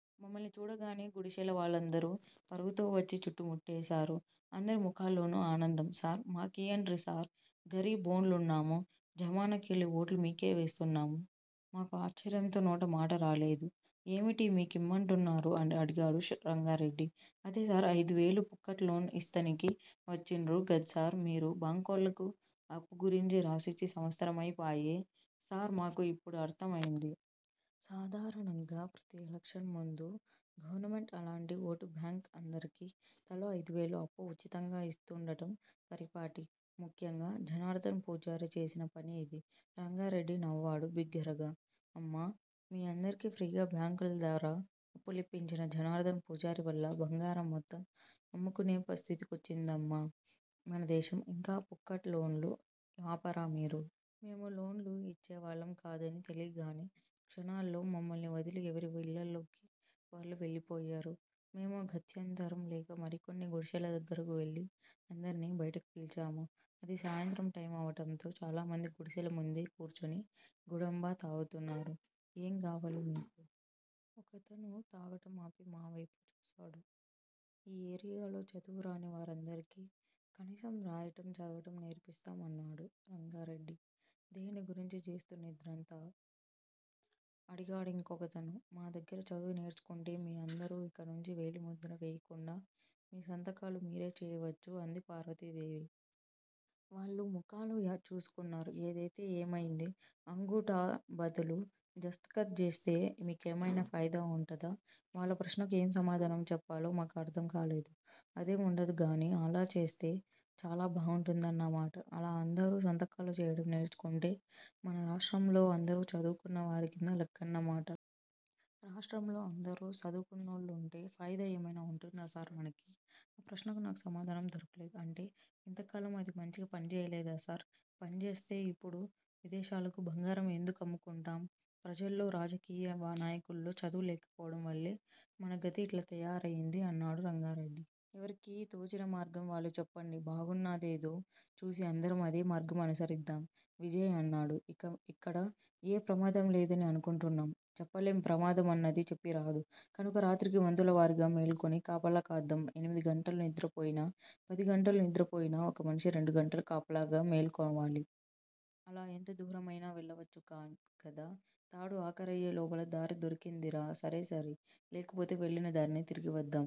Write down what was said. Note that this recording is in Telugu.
మమ్మల్ని చూడగానే గుడిశెల వాళ్ళందరూ పరుగుతో వచ్చి చుట్టుముట్టేశారు. అందరి ముఖాల్లోనూ ఆనందం. సార్! మాకియ్యండ్రిసార్! గరీబోండ్లున్నాము జమానా కెళ్ళి ఓట్లు మీకే వేస్తున్నాము మాకు ఆశ్చర్యంతో నోటమాటరాలేదు. ఏమిటీ మీ కిమ్మంటున్నారు అడిగాడు రంగారెడ్డి. అదేసార్! ఐదువేలు పుక్కట్ లోన్ ఇస్తనికి వచ్చిన్రు గద్సార్ మీరు- బాంకోళ్ళకు అప్పు గురించి రాసిచ్చి సంవత్సరమైపాయె సార్- మాకు అప్పుడు అర్థమైంది. సాధారణంగా ప్రతి ఎలక్షన్ ముందూ గవర్నమెంట్ అలాంటి ఓటు బాంక్ అందరికీ తలో ఐదువేలు అప్పు ఉచితంగా ఇస్తూండటం పరిపాటి. ముఖ్యంగా జనార్ధన్ పూజారి చేసిన పని ఇది. రంగారెడ్డి నవ్వాడు బిగ్గరగా! అమ్మా! మీ అందరికీ ఫ్రీగా బాంక్ ల ద్వారా అప్పులిప్పించిన జనార్ధన్ పూజారి వల్ల బంగారం మొత్తం అమ్ముకునే స్థితికొచ్చిందమ్మా మనదేశం- ఇంకా పుక్కట్ లోన్లు ఆపరా మీరు? మేము లోన్ ళు ఇచ్చేవాళ్ళం కాదని తెలీగానే క్షణాల్లో మమ్మల్ని వదిలి ఎవరి ఇళ్ళలోకి వాళ్ళు వెళ్ళిపోయారు. మేము గత్యంతరం లేక మరికొన్ని గుడిశెల దగ్గరకు వెళ్ళి అందరినీ బయటకు పిలిచాము. అది సాయంత్రం టైమవటంతో చాలామంది గుడిసెల ముందే కూర్చుని గుడంబా తాగుతున్నారు. ఏం గావాలి మీకు? ఒకతను తాగటం ఆపి మావేపు చూశాడు. ఈ ఏరియాలో చదువురాని వారందరికీ కనీసం రాయటం, చదవటం నేర్పిస్తాం అన్నాడు రంగారెడ్డి. దేన్ని గురించి జేస్తున్రిదంతా? అడిగాడింకొకతను. మా దగ్గర చదువు నేర్చుకుంటే మీ అందరూ ఇకనుంచి వేలి ముద్ర వేయకుండా మీ సంతకాలు మీరే చేయవచ్చు అంది పార్వతీదేవి. వాళ్ళు ముఖాలు చూసుకున్నారు. ఏదైతే ఏమయింది? అంగూఠా బదులు దస్తఖత్ జేస్తే మీకేమైనా ఫాయిదా ఉంటదా? వాళ్ళ ప్రశ్నకు ఏం సమాధానం చెప్పాలో మాకు అర్థం కాలేదు. అదేం వుండదుగానీ- అలా చేస్తే చాలా బాగుంటుందన్నమాట! అలా అందరూ సంతకాలు చేయటం నేర్చుకుంటే మన రాష్ట్రంలో అందరూ చదువుకున్న వారికింద లెక్కన్నమాట. రాష్ట్రంలో అందరూ సదువుకున్నోళ్ళుంటే ఫాయిదా ఏమైనా వుంటుందా సార్ మనకి? ఆ ప్రశ్నకు నాకు సమాధానం దొరకలేదు. అంటే ఇంతకాలం అది మంచిగ పని జేయలేదా సార్? పన్జేస్తే ఇప్పుడు విదేశాలకు బంగారం ఎందుకమ్ముకుంటాం? ప్రజల్లో, రాజకీయ నాయకుల్లో చదువు లేకపోవటం వల్లే మన గతి ఇట్ల తయారయింది అన్నాడు రంగారెడ్డి. ఎవరికీ తోచినమార్గం వాళ్ళు చెప్పండి బాగున్నాదేదో చూసి అందరం అదే మార్గం అనుసరిద్దాం. విజయ్ అన్నాడు. ఇక్కడ ఏ ప్రమాదంలేదని అనుకుంటున్నాం. చెప్పలేం ప్రమాద మన్నది చెప్పిరాదు. కనుక రాత్రికి వంతులవారీగా మేల్కొని కాపలా కాద్దాం ఎనిమిదిగంటలు నిద్రపోయినా పదిగంటలు నిద్రపోయినా ఒక మనిషి రెండు గంటలు కాపలాగా మేల్కోవాలి. అలా ఎంతదూరమైనా వెళ్ళవచ్చు కదా! తాడు ఆఖరయ్యే లోపల దారిదొరికిందిరా సరేసరి లేకపోతె వెళ్ళిన దారినే తిరిగి వద్దాం.